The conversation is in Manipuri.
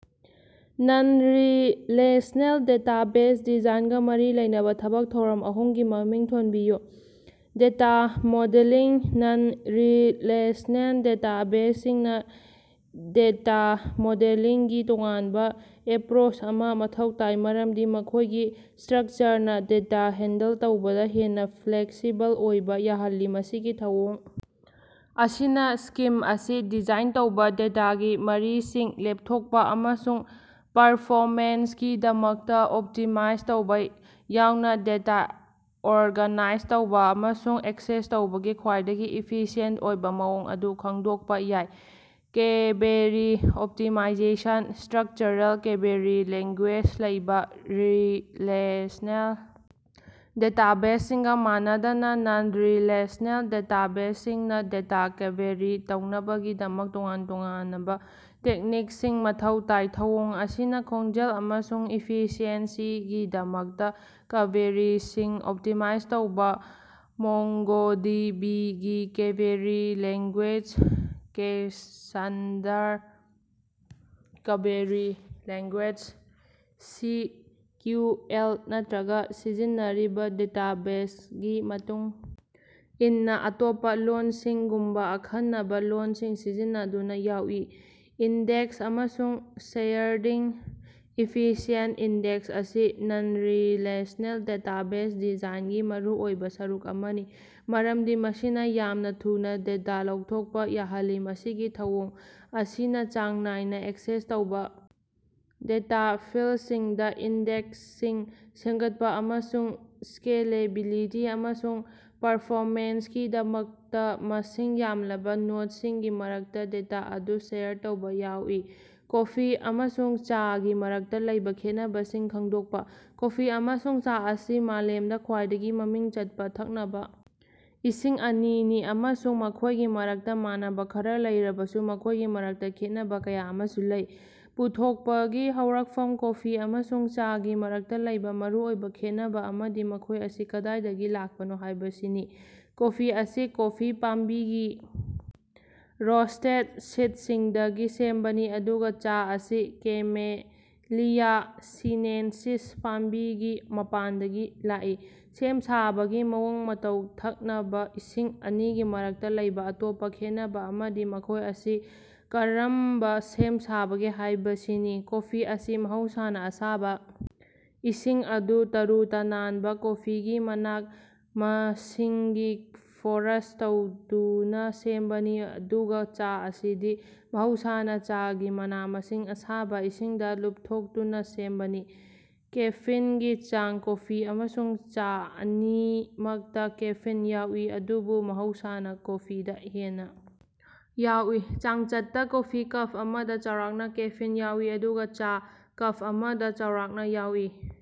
ꯅꯟꯔꯤꯂꯦꯁꯅꯦꯜ ꯗꯦꯇꯥꯕꯦꯖ ꯗꯤꯖꯥꯏꯟꯒ ꯃꯔꯤ ꯂꯩꯅꯕ ꯊꯕꯛ ꯊꯧꯔꯝ ꯑꯍꯨꯝꯒꯤ ꯃꯃꯤꯡ ꯊꯣꯟꯕꯤꯌꯨ꯫ ꯗꯦꯇ ꯃꯣꯗꯦꯂꯤꯡ ꯅꯟꯔꯤꯂꯦꯁꯅꯦꯜ ꯗꯦꯇꯥꯕꯦꯖꯁꯤꯡꯅ ꯗꯦꯇ ꯃꯣꯗꯦꯂꯤꯡꯒꯤ ꯇꯣꯉꯥꯟꯕ ꯑꯦꯄꯔꯣꯁ ꯑꯃ ꯃꯊꯧ ꯇꯥꯏ ꯃꯔꯝꯗꯤ ꯃꯈꯣꯏꯒꯤ ꯁꯇꯔꯛꯆꯔꯅ ꯗꯦꯇ ꯍꯦꯟꯗꯜ ꯇꯧꯕꯗ ꯍꯦꯟꯅ ꯐꯂꯦꯛꯁꯤꯕꯜ ꯑꯣꯏꯕ ꯌꯥꯍꯜꯂꯤ꯫ ꯃꯁꯤꯒꯤ ꯊꯧꯑꯣꯡ ꯑꯁꯤꯅ ꯁꯀꯤꯝ ꯑꯁꯤ ꯗꯤꯖꯥꯏꯟ ꯇꯧꯕ ꯗꯦꯇꯥꯒꯤ ꯃꯔꯤꯁꯤꯡ ꯂꯦꯞꯊꯣꯛꯄ ꯑꯃꯁꯨꯡ ꯄꯔꯐꯣꯃꯦꯟꯁꯀꯤꯗꯃꯛꯇ ꯑꯣꯞꯇꯤꯃꯥꯏꯖ ꯇꯧꯕ ꯌꯥꯎꯅ ꯗꯦꯇ ꯑꯣꯔꯒꯥꯅꯥꯏꯖ ꯇꯧꯕ ꯑꯃꯁꯨꯡ ꯑꯦꯛꯁꯦꯁ ꯇꯧꯕꯒꯤ ꯈ꯭ꯋꯥꯏꯗꯒꯤ ꯏꯐꯤꯁꯤꯑꯦꯟ ꯑꯣꯏꯕ ꯃꯑꯣꯡ ꯑꯗꯨ ꯈꯪꯗꯣꯛꯄ ꯌꯥꯏ꯫ Query optimisation structural query language ꯂꯩꯕ ꯔꯤꯂꯦꯁꯅꯦꯜ ꯗꯦꯇꯥꯕꯦꯖꯁꯤꯡꯒ ꯃꯥꯟꯅꯗꯅ ꯅꯟꯔꯤꯂꯦꯁꯅꯦꯜ ꯗꯦꯇꯥꯕꯦꯖꯁꯤꯡꯅ ꯗꯦꯇ ꯀꯕꯦꯔꯤ ꯇꯧꯅꯕꯒꯤꯗꯃꯛ ꯇꯣꯉꯥꯟ ꯇꯣꯉꯥꯅꯕ ꯇꯦꯛꯅꯤꯛꯁꯤꯡ ꯃꯊꯧ ꯇꯥꯏ꯫ ꯊꯧꯑꯣꯡ ꯑꯁꯤꯅ ꯈꯣꯡꯖꯦꯜ ꯑꯃꯁꯨꯡ ꯏꯐꯤꯁꯤꯑꯦꯟꯁꯤꯒꯤꯗꯃꯛꯇ ꯀꯕꯦꯔꯤꯁꯤꯡ ꯑꯣꯞꯇꯤꯃꯥꯏꯖ ꯇꯧꯕ ꯃꯣꯡꯒꯣꯗꯤꯕꯤꯒꯤ query language Cassandra query language C Q L ꯅꯠꯇ꯭ꯔꯒ ꯁꯤꯖꯤꯟꯅꯔꯤꯕ ꯗꯦꯇꯥꯕꯦꯖꯒꯤ ꯃꯇꯨꯡ ꯏꯟꯅ ꯑꯇꯣꯞꯄ ꯂꯣꯟꯁꯤꯡꯒꯨꯝꯕ ꯑꯈꯟꯅꯕ ꯂꯣꯟꯁꯤꯡ ꯁꯤꯖꯤꯟꯅꯗꯨꯅ ꯌꯥꯎꯏ꯫ ꯏꯟꯗꯦꯛꯁ ꯑꯃꯁꯨꯡ ꯁꯦꯌꯔꯗꯤꯡ ꯏꯐꯤꯁꯤꯑꯦꯟ ꯏꯟꯗꯦꯛꯁ ꯑꯁꯤ ꯅꯟꯔꯤꯂꯦꯁꯅꯦꯜ ꯗꯦꯇꯥꯕꯦꯖ ꯗꯤꯖꯥꯏꯟꯒꯤ ꯃꯔꯨꯑꯣꯏꯕ ꯁꯔꯨꯛ ꯑꯃꯅꯤ ꯃꯔꯝꯗꯤ ꯃꯁꯤꯅ ꯌꯥꯝꯅ ꯊꯨꯅ ꯗꯦꯇ ꯂꯧꯊꯣꯛꯄ ꯌꯥꯍꯜꯂꯤ꯫ ꯃꯁꯤꯒꯤ ꯊꯧꯑꯣꯡ ꯑꯁꯤꯅ ꯆꯥꯡ ꯅꯥꯏꯅ ꯑꯦꯛꯁꯦꯁ ꯇꯧꯕ ꯗꯦꯇ ꯐꯤꯜꯁꯤꯡꯗ ꯏꯟꯗꯦꯛꯁꯤꯡ ꯁꯦꯝꯒꯠꯄ ꯑꯃꯁꯨꯡ ꯁꯀꯦꯂꯦꯕꯤꯂꯤꯇꯤ ꯑꯃꯁꯨꯡ ꯄꯔꯐꯣꯃꯦꯟꯁꯀꯤꯗꯃꯛꯇ ꯃꯁꯤꯡ ꯌꯥꯝꯂꯕ ꯅꯣꯠꯁꯤꯡꯒꯤ ꯃꯔꯛꯇ ꯗꯦꯇ ꯑꯗꯨ ꯁꯦꯌꯔ ꯇꯧꯕ ꯌꯥꯎꯏ꯫ ꯀꯣꯐꯤ ꯑꯃꯁꯨꯡ ꯆꯥꯒꯤ ꯃꯔꯛꯇ ꯂꯩꯕ ꯈꯦꯠꯅꯕꯁꯤꯡ ꯈꯪꯗꯣꯛꯄ꯫ ꯀꯣꯐꯤ ꯑꯃꯁꯨꯡ ꯆꯥ ꯑꯁꯤ ꯃꯥꯂꯦꯝꯗ ꯈ꯭ꯋꯥꯏꯗꯒꯤ ꯃꯃꯤꯡ ꯆꯠꯄ ꯊꯛꯅꯕ ꯏꯁꯤꯡ ꯑꯅꯤꯅꯤ ꯑꯃꯁꯨꯡ ꯃꯈꯣꯏꯒꯤ ꯃꯔꯛꯇ ꯃꯥꯟꯅꯕ ꯈꯔ ꯂꯩꯔꯕꯁꯨ ꯃꯈꯣꯏꯒꯤ ꯃꯔꯛꯇ ꯈꯦꯠꯅꯕ ꯀꯌꯥ ꯑꯃꯁꯨ ꯂꯩ꯫ ꯄꯨꯊꯣꯛꯄꯒꯤ ꯍꯧꯔꯛꯐꯝ ꯀꯣꯐꯤ ꯑꯃꯁꯨꯡ ꯆꯥꯒꯤ ꯃꯔꯛꯇ ꯂꯩꯕ ꯃꯔꯨꯑꯣꯏꯕ ꯈꯦꯠꯅꯕ ꯑꯃꯗꯤ ꯃꯈꯣꯏ ꯑꯁꯤ ꯀꯗꯥꯏꯗꯒꯤ ꯂꯥꯛꯄꯅꯣ ꯍꯥꯏꯕꯁꯤꯅꯤ꯫ ꯀꯣꯐꯤ ꯑꯁꯤ ꯀꯣꯐꯤ ꯄꯥꯝꯕꯤꯒꯤ ꯔꯣꯁꯇꯦꯠ ꯁꯤꯠꯁꯤꯡꯗꯒꯤ ꯁꯦꯝꯕꯅꯤ ꯑꯗꯨꯒ ꯆꯥ ꯑꯁꯤ ꯀꯦꯃꯦꯂꯤꯌꯥ ꯁꯤꯅꯦꯟꯁꯤꯁ ꯄꯥꯝꯕꯤꯒꯤ ꯃꯄꯥꯟꯗꯒꯤ ꯂꯥꯛꯏ꯫ ꯁꯦꯝ ꯁꯥꯕꯒꯤ ꯃꯑꯣꯡ ꯃꯇꯧ ꯊꯛꯅꯕ ꯏꯁꯤꯡ ꯑꯅꯤꯒꯤ ꯃꯔꯛꯇ ꯂꯩꯕ ꯑꯇꯣꯞꯄ ꯈꯦꯟꯅꯕ ꯑꯃꯗꯤ ꯃꯈꯣꯏ ꯑꯁꯤ ꯀꯔꯝꯕ ꯁꯦꯝ ꯁꯥꯕꯒꯦ ꯍꯥꯏꯕꯁꯤꯅꯤ꯫ ꯀꯣꯐꯤ ꯑꯁꯤ ꯃꯍꯧꯁꯥꯅ ꯑꯁꯥꯕ ꯏꯁꯤꯡ ꯑꯗꯨ ꯇꯔꯨ ꯇꯅꯥꯟꯕ ꯀꯣꯐꯤꯒꯤ ꯃꯅꯥ ꯃꯁꯤꯡꯒꯤ ꯐꯣꯔꯁ ꯇꯧꯗꯨꯅ ꯁꯦꯝꯕꯅꯤ ꯑꯗꯨꯒ ꯆꯥ ꯑꯁꯤꯗꯤ ꯃꯍꯧꯁꯥꯅ ꯆꯥꯒꯤ ꯃꯅꯥ ꯃꯁꯤꯡ ꯑꯁꯥꯕ ꯏꯁꯤꯡꯗ ꯂꯨꯞꯊꯣꯛꯇꯨꯅ ꯁꯦꯝꯕꯅꯤ꯫ ꯀꯦꯐꯤꯟꯒꯤ ꯆꯥꯡ ꯀꯣꯐꯤ ꯑꯃꯁꯨꯡ ꯆꯥ ꯑꯅꯤꯃꯛꯇ ꯀꯦꯐꯤꯟ ꯌꯥꯎꯏ ꯑꯗꯨꯕꯨ ꯃꯍꯧꯁꯥꯅ ꯀꯣꯐꯤꯗ ꯍꯦꯟꯅ ꯌꯥꯎꯏ꯫ ꯆꯥꯡꯆꯠꯇ ꯀꯣꯐꯤ ꯀꯞ ꯑꯃꯗ ꯆꯥꯎꯔꯥꯛꯅ ꯀꯦꯐꯤꯟ ꯌꯥꯎꯏ ꯑꯗꯨꯒ ꯆꯥ ꯀꯞ ꯑꯃꯗ ꯆꯥꯎꯔꯥꯛꯅ ꯌꯥꯎꯏ꯫